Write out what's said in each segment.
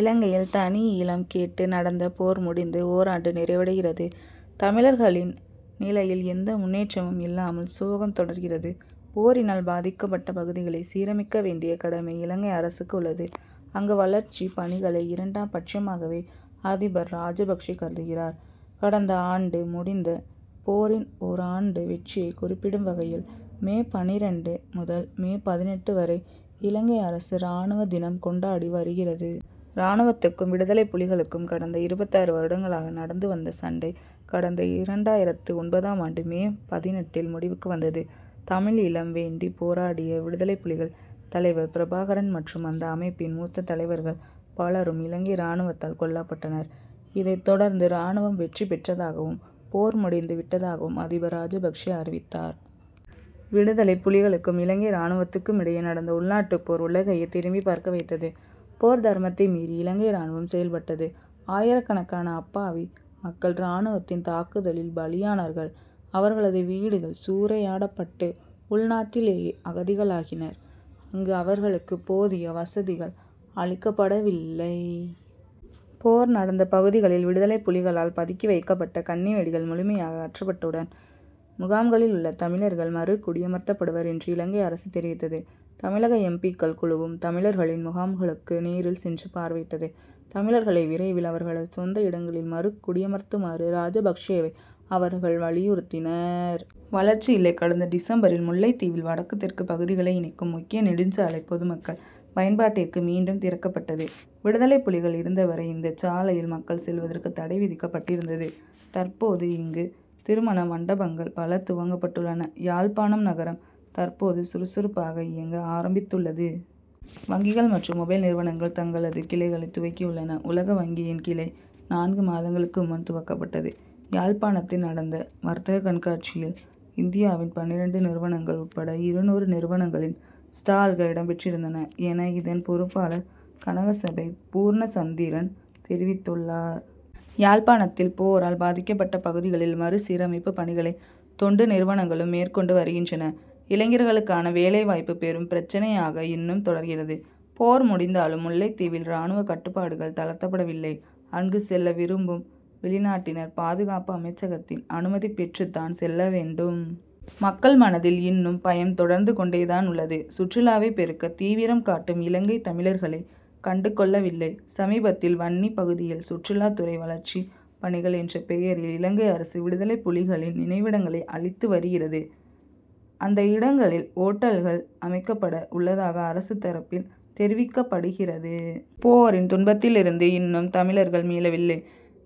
இலங்கையில் தனிஈழம் கேட்டு நடந்த போர் முடிந்து ஓராண்டு நிறைவடைகிறது. தமிழர்களின் நிலையில் எந்த முன்னேற்றமும் இல்லாமல் சோகம் தொடர்கிறது. போரினால் பாதிக்கப்பட்ட பகுதிகளை சீரமைக்க வேண்டிய கடமை இலங்கை அரசுக்கு உள்ளது. அங்கு வளர்ச்சிப் பணிகளை இரண்டாம் பட்சமாகவே அதிபர் ராஜபக்ஷே கருதுகிறார். கடந்த ஆண்டு முடிந்த போரின் ஓர் ஆண்டு வெற்றியைக் குறிப்பிடும் வகையில் மே பன்னிரண்டு முதல் மே பதினெட்டு வரை இலங்கை அரசு ராணுவ தினம் கொண்டாடி வருகிறது. ராணுவத்துக்கும் விடுதலைப்புலிகளுக்கும் கடந்த இருபத்தாறு வருடங்களாக நடந்து வந்த சண்டை கடந்த இரண்டாயிரத்து ஒன்பதாம் ஆண்டு மே பதினெட்டில் முடிவுக்கு வந்தது. தமிழ் ஈழம் வேண்டி போராடிய விடுதலைப்புலிகள் தலைவர் பிரபாகரன் மற்றும் அந்த அமைப்பின் மூத்த தலைவர்கள் பலரும் இலங்கை ராணுவத்தால் கொல்லப்பட்டனர். இதைத் தொடர்ந்து ராணுவம் வெற்றி பெற்றதாகவும் போர் முடிந்து விட்டதாகவும் அதிபர் ராஜபக்ஷே அறிவித்தார். விடுதலைப்புலிகளுக்கும் இலங்கை ராணுவத்துக்கும் இடையே நடந்த உள்நாட்டு போர் உலகையே திரும்பி பார்க்க வைத்தது. போர் தர்மத்தை மீறி இலங்கை ராணுவம் செயல்பட்டது. ஆயிரக்கணக்கான அப்பாவி மக்கள் ராணுவத்தின் தாக்குதலில் பலியானார்கள். அவர்களது வீடுகள் சூறையாடப்பட்டு உள் நாட்டிலேயே அகதிகளாகினர். அங்கு அவர்களுக்கு போதிய வசதிகள் அளிக்கப்படவில்லை. போர் நடந்த பகுதிகளில் விடுதலைப்புலிகளால் பதுக்கி வைக்கப்பட்ட கண்ணிவெடிகள் முழுமையாக அகற்றப்பட்டவுடன் முகாம்களில் உள்ள தமிழர்கள் மறு குடியமர்த்தப்படுவர் என்று இலங்கை அரசு தெரிவித்தது. தமிழக எம். பி.க்கள் குழுவும் தமிழர்களின் முகாம்களுக்கு நேரில் சென்று பார்வையிட்டது. தமிழர்களை விரைவில் அவர்களது சொந்த இடங்களில் மறு குடியமர்த்துமாறு ராஜபக்ஷேவை அவர்கள் வலியுறுத்தினர். வளர்ச்சி இல்லை கடந்த டிசம்பரில் முல்லைத்தீவில் வடக்கு தெற்கு பகுதிகளை இணைக்கும் முக்கிய நெடுஞ்சாலை பொதுமக்கள் பயன்பாட்டுக்கு மீண்டும் திறக்கப்பட்டது. விடுதலைப்புலிகள் இருந்தவரை இந்த சாலையில் மக்கள் செல்வதற்கு தடை விதிக்கப்பட்டிருந்தது. தற்போது இங்கு திருமண மண்டபங்கள் பல துவக்கப்பட்டுள்ளன. யாழ்ப்பாணம் நகரம் தற்போது சுறுசுறுப்பாக இயங்க ஆரம்பித்துள்ளது. வங்கிகள் மற்றும் மொபைல் நிறுவனங்கள் தங்களது கிளைகளை துவக்கி உள்ளன. உலக வங்கியின் கிளை நான்கு மாதங்களுக்கு முன் துவக்கப்பட்டது. யாழ்ப்பாணத்தில் நடந்த வர்த்தக கண்காட்சியில் இந்தியாவின் பன்னிரண்டு நிறுவனங்கள் உட்பட இருநூறு நிறுவனங்களின் ஸ்டால்கள் இடம் பெற்றிருந்தன என இதன் பொறுப்பாளர் கனகசபை பூர்ணச்சந்திரன் தெரிவித்துள்ளார். யாழ்ப்பாணத்தில் போரால் பாதிக்கப்பட்ட பகுதிகளில் மறு சீரமைப்பு பணிகளை தொண்டு நிறுவனங்களும் மேற்கொண்டு வருகின்றன. இளைஞர்களுக்கான வேலைவாய்ப்பு பெரும் பிரச்னையாக இன்னும் தொடர்கிறது. போர் முடிந்தாலும் முல்லைத்தீவில் ராணுவ கட்டுப்பாடுகள் தளர்த்தப்படவில்லை. அங்கு செல்ல விரும்பும் வெளிநாட்டினர் பாதுகாப்பு அமைச்சகத்தின் அனுமதி பெற்றுத்தான் செல்ல வேண்டும். மக்கள் மனதில் இன்னும் பயம் தொடர்ந்து கொண்டே தான் உள்ளது. சுற்றுலாவை பெருக்க தீவிரம் காட்டும் இலங்கை தமிழர்களை கண்டுகொள்ளவில்லை. சமீபத்தில் வன்னி பகுதியில் சுற்றுலா துறை வளர்ச்சி பணிகள் என்ற பெயரில் இலங்கை அரசு விடுதலைப்புலிகளின் நினைவிடங்களை அழித்து வருகிறது. அந்த இடங்களில் ஓட்டல்கள் அமைக்கப்பட உள்ளதாக அரசு தரப்பில் தெரிவிக்கப்படுகிறது. போரின் துன்பத்திலிருந்து இன்னும் தமிழர்கள் மீளவில்லை.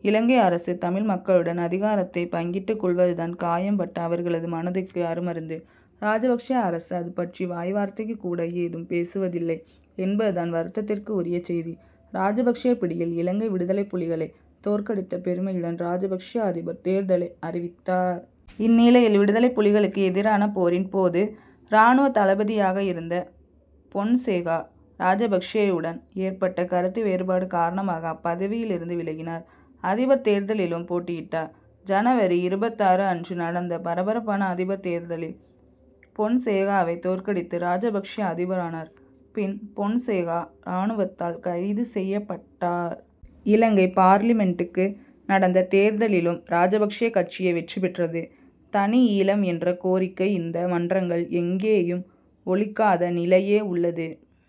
இலங்கை அரசு தமிழ் மக்களுடன் அதிகாரத்தை பங்கிட்டு கொள்வதுதான் காயம் பட்ட அவர்களது மனதுக்கு அருமருந்து. ராஜபக்ஷே அரசு அதுபற்றி வாய்வார்த்தைக்குக் கூட ஏதும் பேசுவதில்லை என்பதுதான் வருத்தத்துக்கு உரிய செய்தி. ராஜபக்ஷே பிடியில் இலங்கை விடுதலைப்புலிகளை தோற்கடித்த பெருமையுடன் ராஜபக்ஷே அதிபர் தேர்தலை அறிவித்தார். இந்நிலையில் விடுதலைப்புலிகளுக்கு எதிரான போரின் போது ராணுவ தளபதியாக இருந்த பொன்சேகா ராஜபக்ஷேயுடன் ஏற்பட்ட கருத்துவேறுபாடு காரணமாக அப்பதவியிலிருந்து விலகினார். அதிபர் தேர்தலிலும் போட்டியிட்டார். ஜனவரி இருபத்தாறு அன்று நடந்த பரபரப்பான அதிபர் தேர்தலில் பொன்சேகாவை தோற்கடித்து ராஜபக்ஷே அதிபரானார். பின் பொன்சேகா ராணுவத்தால் கைது செய்யப்பட்டார். இலங்கை பார்லிமென்டுக்கு நடந்த தேர்தலிலும் ராஜபக்ஷே கட்சியே வெற்றி பெற்றது. தனி ஈழம் என்ற கோரிக்கை இந்த மன்றங்கள் எங்கேயும் ஒலிக்காத நிலையே உள்ளது.